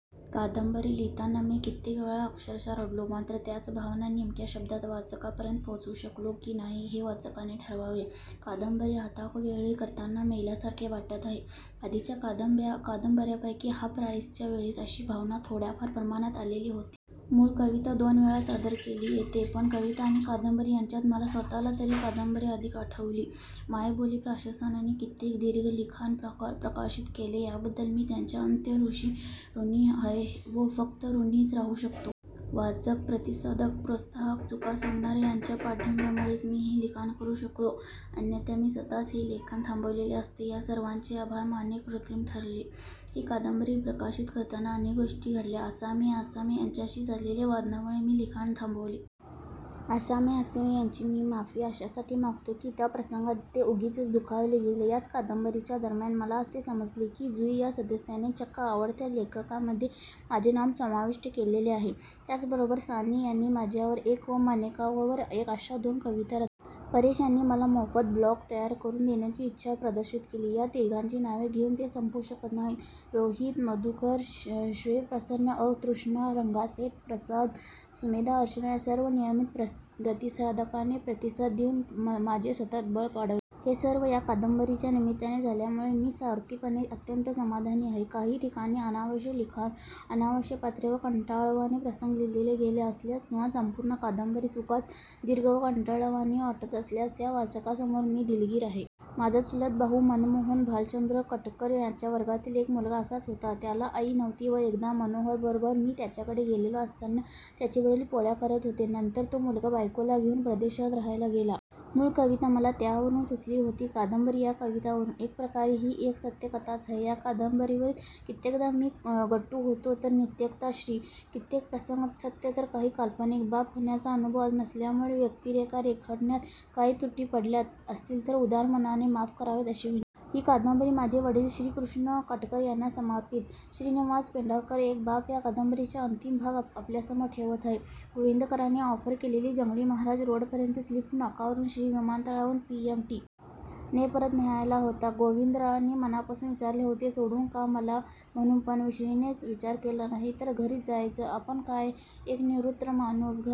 कादंबरी लिहीताना मी कित्येक वेळा अक्षरश रडलो. मात्र त्याच भावना नेमक्या शब्दात वाचकांपर्यंत पोहोचवू शकलो की नाही हे वाचकांनी ठरवावे. कादंबरी हातावेगळी करताना मेल्यासारखे वाटत आहे. आधीच्या कादंबर्यांपैकी हाफ राईसच्या वेळेस अशी भावना थोड्याफार प्रमाणात आलेली होती. मूळ कविता दोन वेळा सादर केली येथे! पण कविता आणि कादंबरी यांच्यात मला स्वतःला तरी कादंबरी अधिक आवडली. मायबोली प्रशासनाने इतके दीर्घ लिखाण प्रकाशित केले याबद्दल मी त्यांचा अत्यंत ऋणी आहे व फक्त ॠणीच राहू शकतो. वाचक, प्रतिसादक, प्रोत्साहक, चुका सांगणारे यांच्या पाठिंब्यामुळेच मी हे लिखाण करू शकलो. अन्यथा मी स्वतःच हे लिखाण थांबवलेले असते. या सर्वांचे आभार मानणे कृत्रिम ठरेल. ही कादंबरी प्रकाशित करताना अनेक गोष्टी घडल्या. असामी असामी यांच्याशी झलेल्या वादामुळे मी लिखाण थांबवले. असामी असामी यांची मी माफी अशासाठी मागतो की त्या प्रसंगात ते उगीचच दुखावले गेले. याच कादंबरीच्या दरम्यान मला असे समजले की जुयी या सदस्याने चक्क आवडत्या लेखकांमधे माझे नाव समाविष्ट केलेले आहे. त्याच बरोबर सानी यांनी माझ्यावर एक व मानेकाकांवर एक अशा दोन कविता रचल्या. परेश यांनी मला मोफत ब्लॉग तयार करून देण्याची इच्छा प्रदर्शित केली. या तिघांची नावे घेऊन हे संपू शकत नाही. रोहित, मधुकर, श्वे, प्रसन्न अ, तृष्णा, रंगासेठ, प्रसाद, सुमेधा, अर्चना या सर्व नियमीत प्रतिसादकांनी प्रतिसाद देऊन माझे सतत बळ वाढवले. हे सर्व या कादंबरीच्या निमित्ताने झाल्यामुळे मी स्वार्थीपणे अत्यंत समाधानी आहे. काही ठिकाणी अनावश्यक लिखाण, अनावश्यक पात्रे व कंटाळवाणे प्रसंग लिहिले गेले असल्यास किंवा संपूर्ण कादंबरीच उगाच दीर्घ व कंटाळवाणी वाटत असल्यास त्या वाचकांसमोर मी दिलगीर आहे. माझा चुलत भाऊ मनमोहन भालचंद्र कटककर याच्या वर्गातील एक मुलगा असाच होता. त्याला आई नव्हती व एकदा मोहनबरोबर मी त्याच्याकडे गेलेलो असताना त्याचे वडील पोळ्या करत होते. नंतर तो मुलगा बायकोला घेऊन परदेशात राहायला गेला. मुळ कविता मला त्यवरून सुचली होती. कादंबरी त्या कवितेवरून! एक प्रकारे ही एक सत्य कथाच आहे. या कादंबरीत कित्येकदा मी गट्टू होतो तर कित्येकदा श्री! कित्येक प्रसंग सत्य तर काही काल्पनिक! बाप होण्याचा अनुभव नसल्यामुळे व्यक्तीरेखा रेखाटण्यात काही त्रुटी पडल्या असतील तर उदार मनाने माफ करावेत अशी विनंती! ही कादंबरी माझे वडील श्री. श्रीकृष्ण कटककर यांना समर्पीत! श्रीनिवास पेंढारकर एक बाप या कादंबरीचा अंतीम भाग आपल्यासमोर ठेवत आहे. गोवित्रीकरांनी ऑफर केलेली जंगली महाराज रोडपर्यंतची लिफ्ट नाकारून श्री विमानतळावरून पी. एम. टी. ने परत निघाला होता. गोवित्रीकरांनी मनापासून विचारले होते सोडू का म्हणून पण श्रीनेच विचार केला. नाहीतरी घरीच जायचंय! आपण काय? एक निवृत्त माणूस! घाई